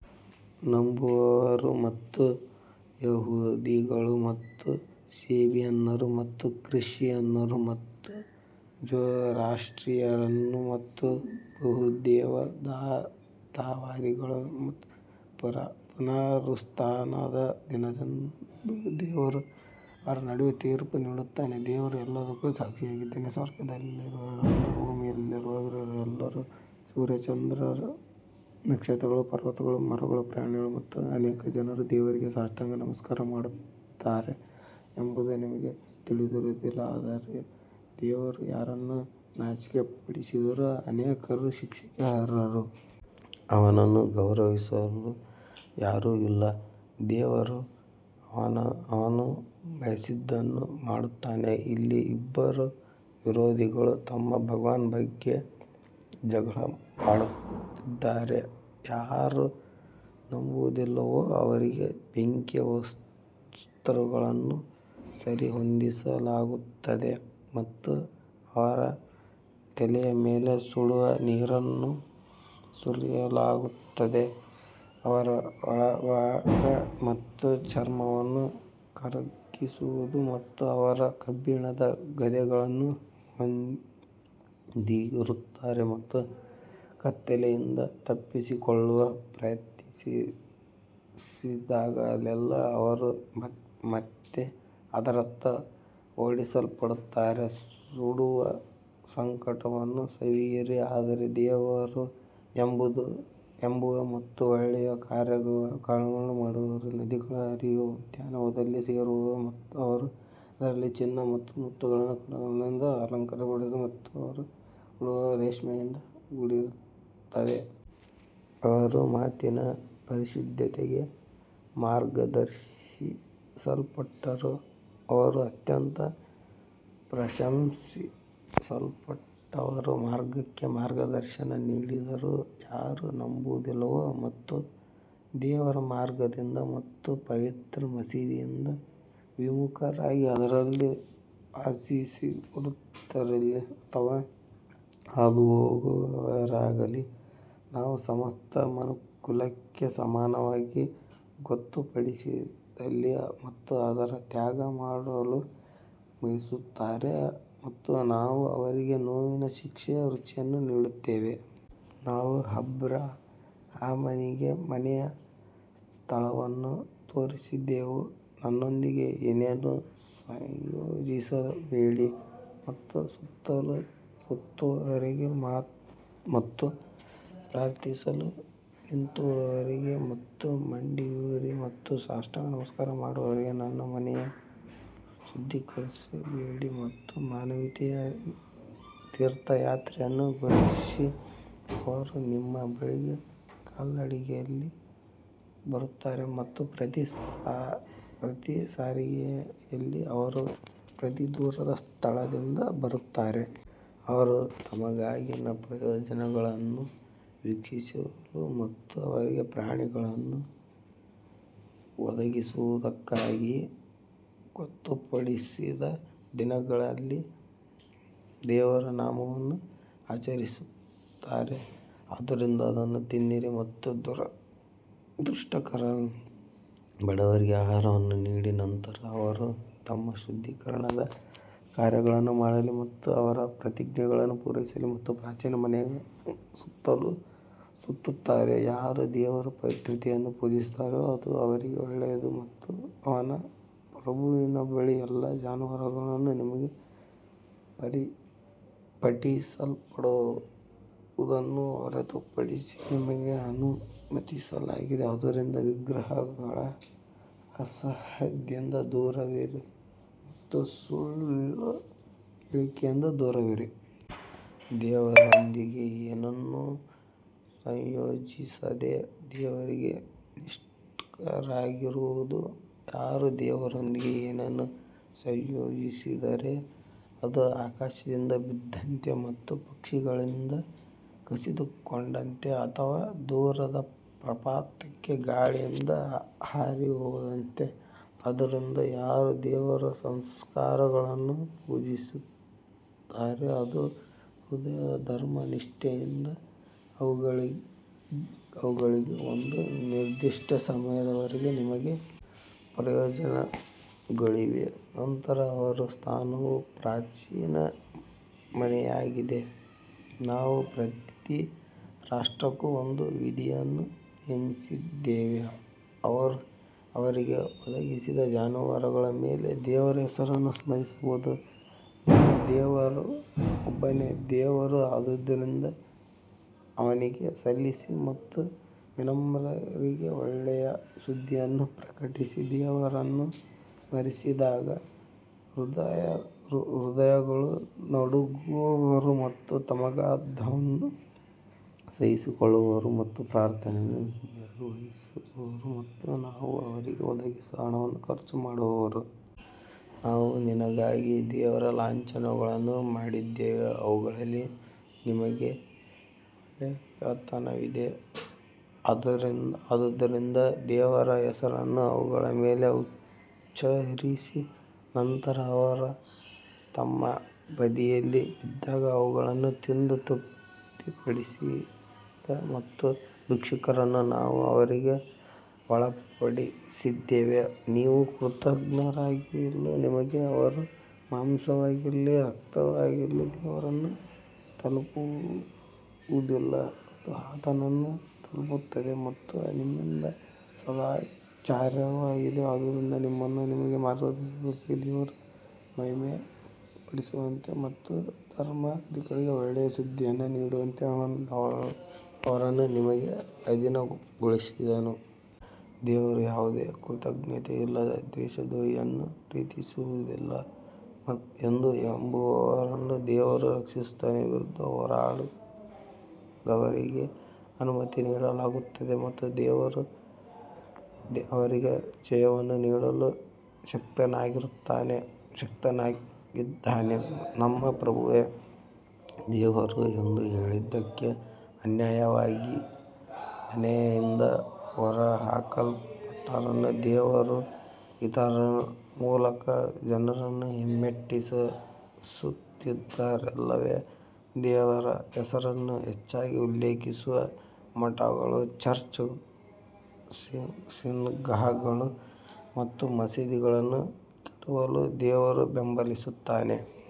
ನಂಬುವವರು ಮತ್ತು ಯಹೂದಿಗಳು ಮತ್ತು ಸೇಬಿಯನ್ನರು ಮತ್ತು ಕ್ರಿಶ್ಚಿಯನ್ನರು ಮತ್ತು ಜೊರಾಸ್ಟ್ರಿಯನ್ನರು ಮತ್ತು ಬಹುದೇವತಾವಾದಿಗಳು ಪುನರುತ್ಥಾನದ ದಿನದಂದು ದೇವರು ಅವರ ನಡುವೆ ತೀರ್ಪು ನೀಡುತ್ತಾನೆ, ದೇವರು ಎಲ್ಲದಕ್ಕೂ ಸಾಕ್ಷಿಯಾಗಿದ್ದಾನೆ ಸ್ವರ್ಗದಲ್ಲಿರುವವರೆಲ್ಲರೂ, ಭೂಮಿಯಲ್ಲಿರುವವರೆಲ್ಲರೂ, ಸೂರ್ಯಚಂದ್ರರು, ನಕ್ಷತ್ರಗಳು, ಪರ್ವತಗಳು, ಮರಗಳು, ಪ್ರಾಣಿಗಳು ಮತ್ತು ಅನೇಕ ಜನರು ದೇವರಿಗೆ ಸಾಷ್ಟಾಂಗ ನಮಸ್ಕಾರ ಮಾಡುತ್ತಾರೆ ಎಂಬುದು ನಿಮಗೆ ತಿಳಿದಿರುವುದಿಲ್ಲ, ಆದರೆ ದೇವರು ಯಾರನ್ನು ನಾಚಿಕೆಪಡಿಸಿದರೂ ಅನೇಕರು ಶಿಕ್ಷೆಗೆ ಅರ್ಹರು. ಅವನನ್ನು ಗೌರವಿಸಲು ಯಾರೂ ಇಲ್ಲ, ದೇವರು ಅವನು ಬಯಸಿದ್ದನ್ನು ಮಾಡುತ್ತಾನೆ ಇಲ್ಲಿ ಇಬ್ಬರು ವಿರೋಧಿಗಳು ತಮ್ಮ ಭಗವಂತನ ಬಗ್ಗೆ ಜಗಳವಾಡುತ್ತಿದ್ದಾರೆ, ಯಾರು ನಂಬುವುದಿಲ್ಲವೋ ಅವರಿಗೆ ಬೆಂಕಿಯ ವಸ್ತ್ರಗಳನ್ನು ಸರಿಹೊಂದಿಸಲಾಗುತ್ತದೆ ಮತ್ತು ಅವರ ತಲೆಯ ಮೇಲೆ ಸುಡುವ ನೀರನ್ನು ಸುರಿಯಲಾಗುತ್ತದೆ. ಅವರ ಒಳಭಾಗ ಮತ್ತು ಚರ್ಮವನ್ನು ಕರಗಿಸುವುದು ಮತ್ತು ಅವರು ಕಬ್ಬಿಣದ ಗದೆಗಳನ್ನು ಹೊಂದಿರುತ್ತಾರೆ ಅವರು ಕತ್ತಲೆಯಿಂದ ತಪ್ಪಿಸಿಕೊಳ್ಳಲು ಪ್ರಯತ್ನಿಸಿದಾಗಲೆಲ್ಲಾ ಅವರು ಮತ್ತೆ ಅದರತ್ತ ಓಡಿಸಲ್ಪಡುತ್ತಾರೆ ಸುಡುವ ಸಂಕಟವನ್ನು ಸವಿಯಿರಿ ಆದರೆ ದೇವರು ನಂಬುವ ಮತ್ತು ಒಳ್ಳೆಯ ಕಾರ್ಯಗಳನ್ನು ಮಾಡುವವರನ್ನು ನದಿಗಳು ಹರಿಯುವ ಉದ್ಯಾನವನಗಳಲ್ಲಿ ಸೇರಿಸುವನು, ಅವರು ಅದರಲ್ಲಿ ಚಿನ್ನ ಮತ್ತು ಮುತ್ತುಗಳ ಕಡಗಗಳಿಂದ ಅಲಂಕರಿಸಲ್ಪಡುತ್ತಾರೆ ಮತ್ತು ಅವರ ಉಡುಪುಗಳು ರೇಷ್ಮೆಯಿಂದ ಕೂಡಿರುತ್ತವೆ. ಅವರು ಮಾತಿನ ಪರಿಶುದ್ಧತೆಗೆ ಮಾರ್ಗದರ್ಶಿಸಲ್ಪಟ್ಟರು, ಅವರು ಅತ್ಯಂತ ಪ್ರಶಂಸಿಸಲ್ಪಟ್ಟವರ ಮಾರ್ಗಕ್ಕೆ ಮಾರ್ಗದರ್ಶನ ನೀಡಿದರು ಯಾರು ನಂಬುವುದಿಲ್ಲವೋ ಮತ್ತು ದೇವರ ಮಾರ್ಗದಿಂದ ಮತ್ತು ಪವಿತ್ರ ಮಸೀದಿಯಿಂದ ವಿಮುಖರಾಗಿ ಅದರಲ್ಲಿ ವಾಸಿಸುತ್ತಿರಲಿ ಅಥವಾ ಹಾದುಹೋಗುವವರಾಗಲಿ ನಾವು ಸಮಸ್ತ ಮನುಕುಲಕ್ಕೆ ಸಮಾನವಾಗಿ ಗೊತ್ತುಪಡಿಸಿದಲ್ಲಿ ಮತ್ತು ಅದರಲ್ಲಿ ತ್ಯಾಗ ಮಾಡಲು ಬಯಸುತ್ತಾರೆ ಮತ್ತು ನಾವು ಅವರಿಗೆ ನೋವಿನ ಶಿಕ್ಷೆಯ ರುಚಿಯನ್ನು ನೀಡುತ್ತೇವೆ. ನಾವು ಅಬ್ರಹಾಮನಿಗೆ ಮನೆಯ ಸ್ಥಳವನ್ನು ತೋರಿಸಿದೆವು ನನ್ನೊಂದಿಗೆ ಏನನ್ನೂ ಸಂಯೋಜಿಸಬೇಡಿ ಮತ್ತು ಸುತ್ತಲೂ ಸುತ್ತುವವರಿಗೆ ಮತ್ತು ಪ್ರಾರ್ಥಿಸಲು ನಿಂತಿರುವವರಿಗೆ ಮತ್ತು ಮಂಡಿಯೂರಿ ಮತ್ತು ಸಾಷ್ಟಾಂಗ ನಮಸ್ಕಾರ ಮಾಡುವವರಿಗೆ ನನ್ನ ಮನೆಯನ್ನು ಶುದ್ಧೀಕರಿಸಬೇಡಿ ಮತ್ತು ಮಾನವೀಯತೆಯ ತೀರ್ಥಯಾತ್ರೆಯನ್ನು ಘೋಷಿಸಿ ಅವರು ನಿಮ್ಮ ಬಳಿಗೆ ಕಾಲ್ನಡಿಗೆಯಲ್ಲಿ ಬರುತ್ತಾರೆ ಮತ್ತು ಪ್ರತಿ ಸಾರಿಗೆಯಲ್ಲಿ ಅವರು ಪ್ರತಿ ದೂರದ ಸ್ಥಳದಿಂದ ಬರುತ್ತಾರೆ. ಅವರು ತಮಗಾಗಿನ ಪ್ರಯೋಜನಗಳನ್ನು ವೀಕ್ಷಿಸಲು ಮತ್ತು ಅವರಿಗೆ ಪ್ರಾಣಿಗಳನ್ನು ಒದಗಿಸುವುದಕ್ಕಾಗಿ ಗೊತ್ತುಪಡಿಸಿದ ದಿನಗಳಲ್ಲಿ ದೇವರ ನಾಮವನ್ನು ಆಚರಿಸುತ್ತಾರೆ ಆದ್ದರಿಂದ ಅದನ್ನು ತಿನ್ನಿರಿ ಮತ್ತು ದುರದೃಷ್ಟಕರ ಬಡವರಿಗೆ ಆಹಾರವನ್ನು ನೀಡಿ ನಂತರ ಅವರು ತಮ್ಮ ಶುದ್ಧೀಕರಣದ ಕಾರ್ಯಗಳನ್ನು ಮಾಡಲಿ ಮತ್ತು ಅವರ ಪ್ರತಿಜ್ಞೆಗಳನ್ನು ಪೂರೈಸಲಿ ಮತ್ತು ಪ್ರಾಚೀನ ಮನೆಯ ಸುತ್ತಲೂ ಸುತ್ತುತ್ತಾರೆ ಯಾರು ದೇವರ ಪವಿತ್ರತೆಯನ್ನು ಪೂಜಿಸುತ್ತಾರೋ ಅದು ಅವರಿಗೆ ಒಳ್ಳೆಯದು ಅವನ ಪ್ರಭುವಿನ ಬಳಿ ಎಲ್ಲಾ ಜಾನುವಾರುಗಳು ನಿಮಗೆ ಪಠಿಸಲ್ಪಡುವುದನ್ನು ಹೊರತುಪಡಿಸಿ ನಿಮಗೆ ಅನುಮತಿಸಲಾಗಿದೆ ಆದ್ದರಿಂದ ವಿಗ್ರಹಗಳ ಅಸಹ್ಯದಿಂದ ದೂರವಿರಿ ಮತ್ತು ಸುಳ್ಳು ಹೇಳಿಕೆಯಿಂದ ದೂರವಿರಿ. ದೇವರೊಂದಿಗೆ ಏನನ್ನೂ ಸಂಯೋಜಿಸದೆ ದೇವರಿಗೆ ನಿಷ್ಠರಾಗಿರುವುದು ಯಾರು ದೇವರೊಂದಿಗೆ ಏನನ್ನೂ ಸಂಯೋಜಿಸಿದರೆ ಅದು ಆಕಾಶದಿಂದ ಬಿದ್ದಂತೆ ಮತ್ತು ಪಕ್ಷಿಗಳಿಂದ ಕಸಿದುಕೊಂಡಂತೆ ಅಥವಾ ದೂರದ ಪ್ರಪಾತಕ್ಕೆ ಗಾಳಿಯಿಂದ ಹಾರಿಹೋದಂತೆ. ಆದ್ದರಿಂದ ಯಾರು ದೇವರ ಸಂಸ್ಕಾರಗಳನ್ನು ಪೂಜಿಸುತ್ತಾರೆ ಅದು ಹೃದಯದ ಧರ್ಮನಿಷ್ಠೆಯಿಂದ ಅವುಗಳಲ್ಲಿ ಒಂದು ನಿರ್ದಿಷ್ಟ ಸಮಯದವರೆಗೆ ನಿಮಗೆ ಪ್ರಯೋಜನಗಳಿವೆ, ನಂತರ ಅವರ ಸ್ಥಾನವು ಪ್ರಾಚೀನ ಮನೆಯಾಗಿದೆ ನಾವು ಪ್ರತಿ ರಾಷ್ಟ್ರಕ್ಕೂ ಒಂದು ವಿಧಿಯನ್ನು ನೇಮಿಸಿದ್ದೇವೆ, ಅವರು ಅವರಿಗೆ ಒದಗಿಸಿದ ಜಾನುವಾರುಗಳ ಮೇಲೆ ದೇವರ ಹೆಸರನ್ನು ಸ್ಮರಿಸಬಹುದು, ನಿಮ್ಮ ದೇವರು ಒಬ್ಬನೇ ದೇವರು ಆದ್ದರಿಂದ ಅವನಿಗೆ ಸಲ್ಲಿಸಿ ಮತ್ತು ವಿನಮ್ರರಿಗೆ ಒಳ್ಳೆಯ ಸುದ್ದಿಯನ್ನು ಪ್ರಕಟಿಸಿ ದೇವರನ್ನು ಸ್ಮರಿಸಿದಾಗ ಹೃದಯಗಳು ನಡುಗುವವರು ಮತ್ತು ತಮಗಾದದ್ದನ್ನು ಸಹಿಸಿಕೊಳ್ಳುವವರು ಮತ್ತು ಪ್ರಾರ್ಥನೆಯನ್ನು ನಿರ್ವಹಿಸುವವರು ಮತ್ತು ನಾವು ಅವರಿಗೆ ಒದಗಿಸಿದ ಹಣವನ್ನು ಖರ್ಚು ಮಾಡುವವರು. ನಾವು ನಿನಗಾಗಿ ದೇವರ ಲಾಂಛನಗಳನ್ನು ಮಾಡಿದ್ದೇವೆ ಅವುಗಳಲ್ಲಿ ನಿಮಗೆ ಒಳ್ಳೆಯತನವಿದೆ ಆದ್ದರಿಂದ ದೇವರ ಹೆಸರನ್ನು ಅವುಗಳ ಮೇಲೆ ಉಚ್ಚರಿಸಿ ನಂತರ ಅವರು ತಮ್ಮ ಬದಿಯಲ್ಲಿ ಬಿದ್ದಾಗ ಅವುಗಳನ್ನು ತಿಂದು ತೃಪ್ತಿಪಡಿಸಿದ ಮತ್ತು ಭಿಕ್ಷುಕನನ್ನು ನಾವು ಅವರಿಗೆ ಒಳಪಡಿಸಿದ್ದೇವೆ. ನೀವು ಕೃತಜ್ಞರಾಗಿರಲು ನಿಮಗೆ ಅವರ ಮಾಂಸವಾಗಲೀ, ರಕ್ತವಾಗಲೀ ದೇವರನ್ನು ತಲುಪುವುದಿಲ್ಲ, ಅದು ಆತನನ್ನು ತಲುಪುತ್ತದೆ, ಅದು ನಿಮ್ಮಿಂದ ಸದಾಚಾರವಾಗಿದೆ, ಆದ್ದರಿಂದ ನೀವು ನಿಮ್ಮನ್ನು ಮಾರ್ಗದರ್ಶಿಸುವುದಕ್ಕಾಗಿ ದೇವರನ್ನು ಮಹಿಮೆಪಡಿಸುವಂತೆ ಮತ್ತು ಧರ್ಮಾರ್ಥಿಗಳಿಗೆ ಒಳ್ಳೆಯ ಸುದ್ದಿಯನ್ನು ನೀಡುವಂತೆ ಅವನು ಅವರನ್ನು ನಿಮಗೆ ಅಧೀನಗೊಳಿಸಿದನು. ದೇವರು ಯಾವುದೇ ಕೃತಜ್ಞತೆಯಿಲ್ಲದ ದೇಶದ್ರೋಹಿಯನ್ನು ಪ್ರೀತಿಸುವುದಿಲ್ಲ ಎಂದು ನಂಬುವವರನ್ನು ದೇವರು ರಕ್ಷಿಸುತ್ತಾನೆ ವಿರುದ್ಧ ಹೋರಾಡಿದವರಿಗೆ ಅನುಮತಿ ನೀಡಲಾಗುತ್ತದೆ ಮತ್ತು ದೇವರು ಅವರಿಗೆ ಜಯವನ್ನು ನೀಡಲು ಶಕ್ತನಾಗಿದ್ದಾನೆ ನಮ್ಮ ಪ್ರಭುವೇ ದೇವರು ಎಂದು ಹೇಳಿದ್ದಕ್ಕೆ ಅನ್ಯಾಯವಾಗಿ ಮನೆಯಿಂದ ಹೊರಹಾಕಲ್ಪಟ್ಟವರನ್ನು ದೇವರು ಇತರರ ಮೂಲಕ ಜನರನ್ನು ಹಿಮ್ಮೆಟ್ಟಿಸುತ್ತಿದ್ದರಲ್ಲವೇ, ದೇವರ ಹೆಸರನ್ನು ಹೆಚ್ಚಾಗಿ ಉಲ್ಲೇಖಿಸುವ ಮಠಗಳು ಚರ್ಚ್, ಸಿನಗಾಗ್ಗಳು ಮತ್ತು ಮಸೀದಿಗಳನ್ನು ಕೆಡವಲು ದೇವರು ಬೆಂಬಲಿಸುತ್ತಾನೆ.